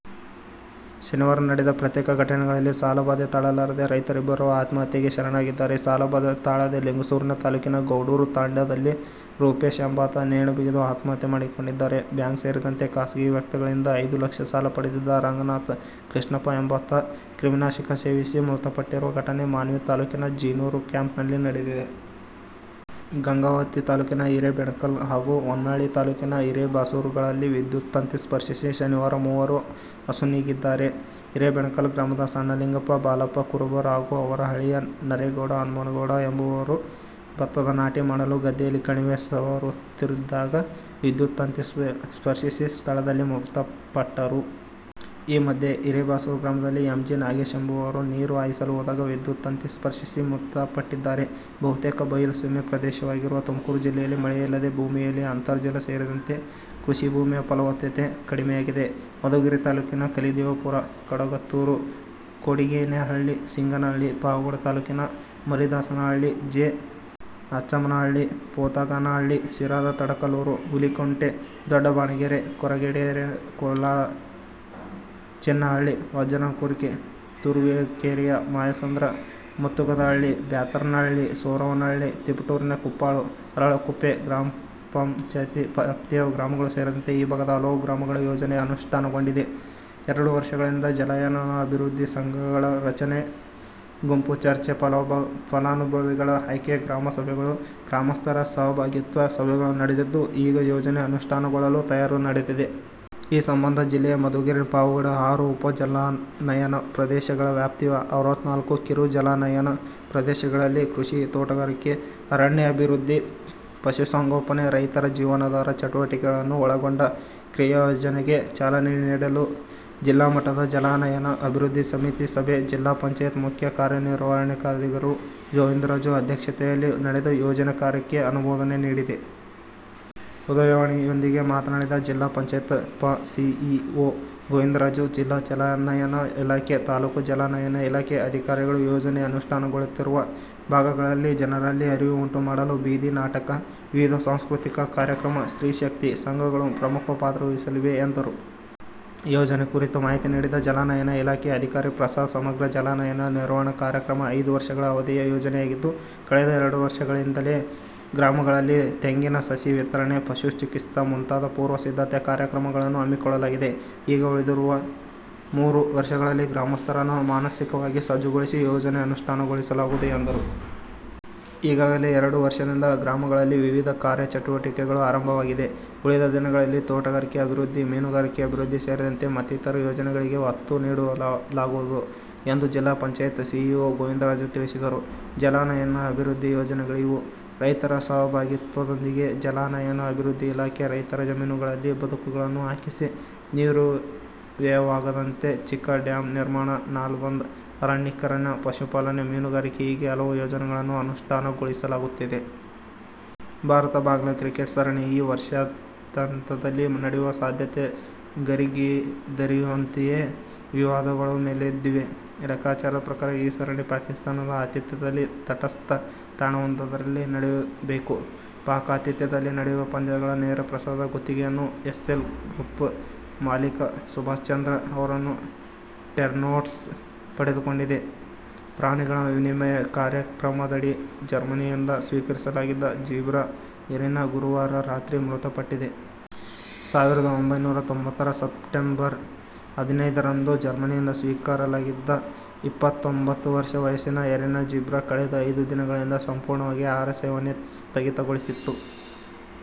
ಶನಿವಾರ ನಡೆದ ಪ್ರತ್ಯೇಕ ಘಟನೆಗಳಲ್ಲಿ ಸಾಲಬಾಧೆ ತಾಳಲಾರದೇ ರೈತರಿಬ್ಬರು ಆತ್ಮಹತ್ಯೆಗೆ ಶರಣಾಗಿದ್ದಾರೆ. ಸಾಲಬಾಧೆ ತಾಳದೆ ಲಿಂಗಸಗೂರು ತಾಲೂಕಿನ ಗೌಡೂರು ತಾಂಡಾದಲ್ಲಿ ರೂಪೇಶ ಎಂಬಾತ ನೇಣು ಬಿಗಿದು ಆತ್ಮಹತ್ಯೆ ಮಾಡಿಕೊಂಡಿದ್ದರೆ, ಬ್ಯಾಂಕ್ ಸೇರಿದಂತೆ ಖಾಸಗಿ ವ್ಯಕ್ತಿಗಳಿಂದ ಐದು ಲಕ್ಷ ಸಾಲ ಪಡೆದಿದ್ದ ರಂಗನಾಥ ಕೃಷ್ಣಪ್ಪ ಎಂಬಾತ ಕ್ರಿಮಿನಾಶಕ ಸೇವಿಸಿ ಮೃತಪಟ್ಟಿರುವ ಘಟನೆ ಮಾನ್ವಿ ತಾಲೂಕಿನ ಜೀನೂರು ಕ್ಯಾಂಪ್ನಲ್ಲಿ ನಡೆದಿದೆ. ಗಂಗಾವತಿ ತಾಲೂಕಿನ ಹಿರೇಬೆಣಕಲ್ ಹಾಗೂ ಹೊನ್ನಾಳಿ ತಾಲೂಕಿನ ಹಿರೇಬಾಸೂರುಗಳಲ್ಲಿ ವಿದ್ಯುತ್ ತಂತಿ ಸ್ಪರ್ಶಿಸಿ ಶನಿವಾರ ಮೂವರು ಅಸುನೀಗಿದ್ದಾರೆ. ಹಿರೇಬೆಣಕಲ್ ಗ್ರಾಮದ ಸಣ್ಣಲಿಂಗಪ್ಪ, ಬಾಲಪ್ಪ ಕುರುಬರ ಹಾಗೂ ಅವರ ಅಳಿಯ ನರೇಗೌಡ ಹನುಮನಗೌಡ ಎಂಬುವರು ಭತ್ತದ ನಾಟಿ ಮಾಡಲು ಗದ್ದೆಯಲ್ಲಿ ಕಣಿವೆ ಸವರುತ್ತಿದ್ದಾಗ ವಿದ್ಯುತ್ ತಂತಿ ಸ್ಪರ್ಶಿಸಿ, ಸ್ಥಳದಲ್ಲೇ ಮೃತಪಟ್ಟರು. ಈ ಮಧ್ಯೆ, ಹಿರೇಬಾಸೂರು ಗ್ರಾಮದಲ್ಲಿ ಎಂ. ಜಿ. ನಾಗೇಶ್ ಎಂಬುವರು ನೀರು ಹಾಯಿಸಲು ಹೋದಾಗ ವಿದ್ಯುತ್ ತಂತಿ ಸ್ಪರ್ಶಿಸಿ ಮೃತಪಟ್ಟಿದ್ದಾರೆ. ಬಹುತೇಕ ಬಯಲುಸೀಮೆ ಪ್ರದೇಶವಾಗಿರುವ ತುಮಕೂರು ಜಿಲ್ಲೆಯಲ್ಲಿ ಮಳೆಯಿಲ್ಲದೆ ಭೂಮಿಯಲ್ಲಿ ಅಂತರ್ಜಲ ಸೇರಿದಂತೆ ಕೃಷಿ ಭೂಮಿಯ ಫಲವತ್ತತೆ ಕಡಿಮೆಯಾಗಿದೆ. ಮಧುಗಿರಿ ತಾಲೂಕಿನ ಕಲಿದೇವಪುರ, ಕಡಗತ್ತೂರು, ಕೊಡಿಗೇನಹಳ್ಳಿ, ಸಿಂಗನಹಳ್ಳಿ; ಪಾವಗಡ ತಾಲೂಕಿನ ಮರಿದಾಸನಹಳ್ಳಿ, ಜೆ. ಅಚ್ಚಮ್ಮನಹಳ್ಳಿ, ಪೋತಗಾನಹಳ್ಳಿ; ಶಿರಾದ ತಡಕಲೂರು, ಹುಲಿಕುಂಟೆ, ದೊಡ್ಡಬಾಣಗೆರೆ; ಕೊರಟಗೆರೆಯ ಕೋಳಾಲ, ಚಿನ್ನಹಳ್ಳಿ, ವಜ್ರನಕುರಿಕೆ; ತುರುವೇಕೆರೆಯ ಮಾಯಸಂದ್ರ, ಮುತ್ತುಗದಹಳ್ಳಿ, ಬ್ಯಾತರನಹಳ್ಳಿ, ಸೊರವನಹಳ್ಳಿ; ತಿಪಟೂರಿನ ಕುಪ್ಪಾಳು, ಅರಳಕುಪ್ಪೆ ಗ್ರಾಪಂ ವ್ಯಾಪ್ತಿಯ ಗ್ರಾಮಗಳು ಸೇರಿದಂತೆ ಈ ಭಾಗದ ಹಲವು ಗ್ರಾಮಗಳಲ್ಲಿ ಯೋಜನೆ ಅನುಷ್ಠಾನಗೊಂಡಿದೆ. ಎರಡು ವರ್ಷಗಳಿಂದ ಜಲಾನಯನ ಅಭಿವೃದ್ಧಿ ಸಂಘಗಳ ರಚನೆ, ಗುಂಪು ಚರ್ಚೆ, ಫಲಾನುಭವಿಗಳ ಆಯ್ಕೆ ಗ್ರಾಮ ಸಭೆಗಳು, ಗ್ರಾಮಸ್ಥರ ಸಹಭಾಗಿತ್ವ ಸಭೆಗಳು ನಡೆದಿದ್ದು ಈಗ ಯೋಜನೆ ಅನುಷ್ಠಾನಗೊಳ್ಳಲು ತಯಾರಿ ನಡೆದಿದೆ. ಈ ಸಂಬಂಧ ಜಿಲ್ಲೆಯ ಮಧುಗಿರಿ, ಪಾವಗಡ, ಆರು ಉಪಜಲಾನಯನ ಪ್ರದೇಶಗಳ ವ್ಯಾಪ್ತಿಯ ಅರವತ್ನಾಲ್ಕು ಕಿರು ಜಲಾನಯನ ಪ್ರದೇಶಗಳಲ್ಲಿ ಕೃಷಿ, ತೋಟಗಾರಿಕೆ, ಅರಣ್ಯಾಭಿವೃದ್ಧಿ, ಪಶುಸಂಗೋಪನೆ, ರೈತರ ಜೀವನಾಧಾರ ಚಟುವಟಿಕೆಗಳನ್ನು ಒಳಗೊಂಡ ಕ್ರಿಯಾಯೋಜನೆಗೆ ಚಾಲನೆ ನೀಡಲು ಜಿಲ್ಲಾ ಮಟ್ಟದ ಜಲಾನಯನ ಅಭಿವೃದ್ದಿ ಸಮಿತಿ ಸಭೆ ಜಿಲ್ಲಾ ಪಂಚಾಯತ್ ಮುಖ್ಯ ಕಾರ್ಯನಿರ್ವಹಣಾಧಿಕಾರಿ ಗೋವಿಂದರಾಜು ಅಧ್ಯಕ್ಷತೆಯಲ್ಲಿ ನಡೆದು ಯೋಜನೆ ಕಾರ್ಯಕ್ಕೆ ಅನುಮೋದನೆ ನೀಡಿದೆ. ''ಉದಯವಾಣಿ''ಯೊಂದಿಗೆ ಮಾತನಾಡಿದ ಜಿಲ್ಲಾ ಪಂಚಾಯತ್ ಪಂ ಸಿಇಒ ಗೋವಿಂದರಾಜು, ಜಿಲ್ಲಾ ಜಲಾನಯನ ಇಲಾಖೆ, ತಾಲೂಕು ಜಲಾ ನಯನ ಇಲಾಖೆ ಅಧಿಕಾರಿಗಳು ಯೋಜನೆ ಅನುಷ್ಠಾನಗೊಳ್ಳುತ್ತಿರುವ ಭಾಗಗಳಲ್ಲಿ ಜನರಲ್ಲಿ ಅರಿವು ಉಂಟು ಮಾಡಲು ಬೀದಿ ನಾಟಕ, ವಿವಿಧ ಸಾಂಸ್ಕೃತಿಕ ಕಾರ್ಯಕ್ರಮ, ಸ್ತ್ರೀ ಶಕ್ತಿ ಸಂಘಗಳು ಪ್ರಮುಖ ಪಾತ್ರವಹಿಸಲಿವೆ ಎಂದರು. ಯೋಜನೆ ಕುರಿತು ಮಾಹಿತಿ ನೀಡಿದ ಜಲಾನಯನ ಇಲಾಖೆ ಅಧಿಕಾರಿ ಪ್ರಸಾದ್ ಸಮಗ್ರ ಜಲಾನಯನ ನಿರ್ವಹಣಾ ಕಾರ್ಯಕ್ರಮ ಐದು ವರ್ಷಗಳ ಅವಧಿಯ ಯೋಜನೆಯಾಗಿದ್ದು ಕಳೆದ ಎರಡು ವರ್ಷಗಳಿಂದಲೇ ಗ್ರಾಮಗಳಲ್ಲಿ ತೆಂಗಿನ ಸಸಿ ವಿತರಣೆ, ಪಶು ಚಿಕಿತ್ಸಾ ಮುಂತಾದ ಪೂರ್ವ ಸಿದ್ಧತಾ ಕಾರ್ಯಕ್ರಮಗಳನ್ನು ಹಮ್ಮಿಕೊಳ್ಳಲಾಗಿದೆ. ಈಗ ಉಳಿದಿರುವ ಮೂರು ವರ್ಷಗಳಲ್ಲಿ ಗ್ರಾಮಸ್ಥರನ್ನು ಮಾನಸಿಕವಾಗಿ ಸಜ್ಜುಗೊಳಿಸಿ ಯೋಜನೆ ಅನುಷ್ಠಾನಗೊಳಿಸಲಾಗುವುದು ಎಂದರು. ಈಗಾಗಲೇ ಎರಡು ವರ್ಷದಿಂದ ಗ್ರಾಮಗಳಲ್ಲಿ ವಿವಿಧ ಕಾರ್ಯಚಟುವಟಿಕೆಗಳು ಆರಂಭವಾಗಿದೆ. ಉಳಿದ ದಿನಗಳಲ್ಲಿ ತೋಟಗಾರಿಕಾ ಅಭಿವೃದ್ಧಿ, ಮೀನುಗಾರಿಕೆ ಅಭಿವೃದ್ಧಿ ಸೇರಿದಂತೆ ಮತ್ತಿತರ ಯೋಜನೆಗಳಿಗೆ ಒತ್ತು ನೀಡಲಾಗುವುದು ಎಂದು ಜಿಲ್ಲಾ ಪಂಚಾಯತ್ ಸಿಇಒ ಗೋವಿಂದರಾಜು ತಿಳಿಸಿದರು. ಜಲಾನಯನ ಅಭಿವೃದ್ಧಿ ಯೋಜನೆಗಳಿವು ರೈತರ ಸಹಭಾಗಿತ್ವದೊಂದಿಗೆ ಜಲಾನಯನ ಅಭಿವೃದ್ಧಿ ಇಲಾಖೆ ರೈತರ ಜಮೀನುಗಳಲ್ಲಿ ಬದುಗಳನ್ನು ಹಾಕಿಸಿ, ನೀರು ವ್ಯಯವಾಗದಂತೆ ಚಿಕ್ಕ ಡ್ಯಾಂ ನಿರ್ಮಾಣ, ನಾಲ ಬಂದ್, ಅರಣ್ಯೀಕರಣ, ಪಶುಪಾಲನೆ, ಮೀನುಗಾರಿಕೆ ಹೀಗೆ ಹಲವು ಯೋಜನೆಗಳನ್ನು ಅನುಷ್ಠಾನಗೊಳಿಸಲಾಗುತ್ತಿದೆ. ಭಾರತ-ಬಾಂಗ್ಲಾ ಕ್ರಿಕೆಟ್ ಸರಣಿ ಈ ವರ್ಷಾಂತ್ಯದಲ್ಲಿ ನಡೆಯುವ ಸಾಧ್ಯತೆ ಗರಿಗೆದರಿರುವಂತೆಯೇ ವಿವಾದಗಳೂ ಮೇಲೆದ್ದಿವೆ. ಲೆಕ್ಕಾಚಾರದ ಪ್ರಕಾರ ಈ ಸರಣಿ ಪಾಕಿಸ್ತಾನದ ಆತಿಥ್ಯದಲ್ಲಿ ತಟಸ್ಥ ತಾಣವೊಂದರಲ್ಲಿ ನಡೆಯಬೇಕು. ಪಾಕ್ ಆತಿಥ್ಯದಲ್ಲಿ ನಡೆಯುವ ಪಂದ್ಯಗಳ ನೇರಪ್ರಸಾರದ ಗುತ್ತಿಗೆಯನ್ನು ಎಸ್ಸೆಲ್ ಗ್ರೂಪ್ ಮಾಲಿಕ ಸುಭಾಷ್ಚಂದ್ರ ಅವರ ಟೆನ್ನ್ಪೋರ್ಟ್ಸ್ ಪಡೆದುಕೊಂಡಿದೆ. ಪ್ರಾಣಿಗಳ ವಿನಿಮಯ ಕಾರ್ಯಕ್ರಮದಡಿ ಜರ್ಮನಿಯಿಂದ ಸ್ವೀಕರಿಸಲಾಗಿದ್ದ ಜೀಬ್ರಾ "ಎರಿನಾ' ಗುರುವಾರ ರಾತ್ರಿ ಮೃತಪಟ್ಟಿದೆ. ಸಾವಿರದ ಒಂಭೈನೂರ ತೊಂಬತ್ತರ ಸೆಪ್ಟಂಬರ್ ಹದಿನೈದರಂದು ಜರ್ಮನಿಯಿಂದ ಸ್ವೀಕರಿಸಲಾಗಿದ್ದ ಇಪ್ಪತ್ತೊಂಬತ್ತು ವರ್ಷ ವಯಸ್ಸಿನ ಎರಿನಾ ಜೀಬ್ರಾ, ಕಳೆದ ಐದು ದಿನಗಳಿಂದ ಸಂಪೂರ್ಣವಾಗಿ ಆಹಾರ ಸೇವನೆ ಸ್ಥಗಿತಗೊಳಿಸಿತ್ತು.